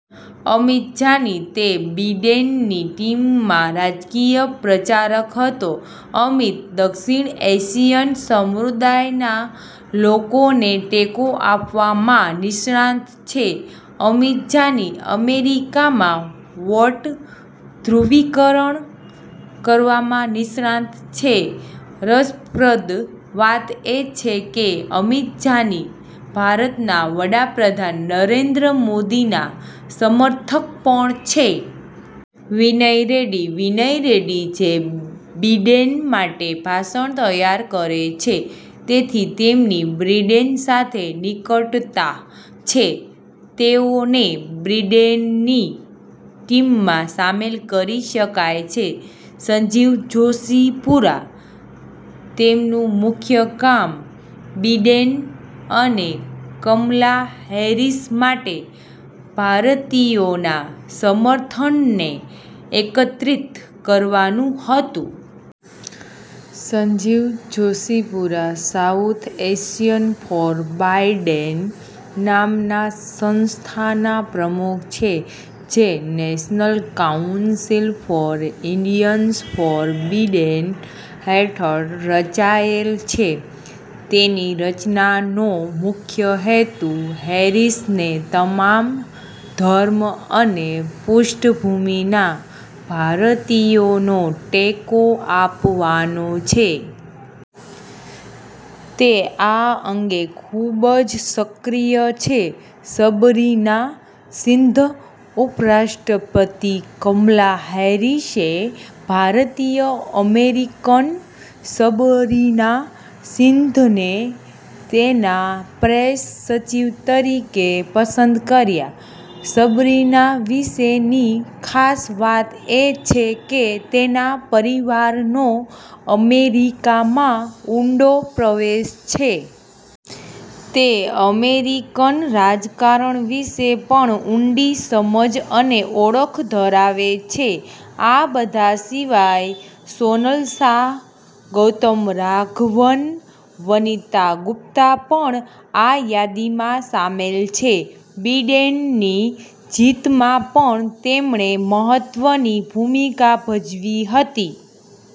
અમિત જાની: તે બિડેનની ટીમમાં રાજકીય પ્રચારક હતો. અમિત દક્ષિણ એશિયન સમુદાયના લોકોને ટેકો આપવામાં નિષ્ણાત છે. અમિત જાની અમેરિકામાં વોટ ધ્રુવીકરણ કરવામાં નિષ્ણાંત છે. રસપ્રદ વાત એ છે કે, અમિત જાની ભારતના વડા પ્રધાન નરેન્દ્ર મોદીના સમર્થક પણ છે. વિનય રેડ્ડી: વિનય રેડ્ડી જે બિડેન માટે ભાષણ તૈયાર કરે છે. તેથી તેમની બીડેન સાથે નિકટતા છે. તેઓને બિડેનની ટીમમાં શામેલ કરી શકાય છે. સંજીવ જોશીપુરા: તેમનું મુખ્ય કામ બિડેન અને કમલા હેરિસ માટે ભારતીયોના સમર્થનને એકત્રિત કરવાનું હતું. Sanjeev Joshipura 'South Asian for Biden' નામના સંસ્થાના પ્રમુખ છે, જે 'National Council for Indians for Biden' હેઠળ રચાયેલ છે. તેની રચનાનો મુખ્ય હેતુ હેરિસને તમામ ધર્મ અને પૃષ્ઠભૂમિના ભારતીયોનો ટેકો આપવાનો છે. તે આ અંગે ખૂબ જ સક્રિય છે. સબરીના સિંઘ: ઉપરાષ્ટ્રપતિ કમલા હેરિસે ભારતીય-અમેરિકન સબરીના સિંઘને તેના પ્રેસ સચિવ તરીકે પસંદ કર્યા. સબરીના વિશેની ખાસ વાત એ છે કે તેના પરિવારનો અમેરિકામાં ઊંડો પ્રવેશ છે. તે અમેરિકન રાજકારણ વિશે પણ ઊંડી સમજ અને ઓળખ ધરાવે છે. આ બધા સિવાય સોનલ શાહ, ગૌતમ રાઘવન, વનિતા ગુપ્તા પણ આ યાદીમાં સામેલ છે. બિડેનની જીતમાં પણ તેમણે મહત્વની ભૂમિકા ભજવી હતી.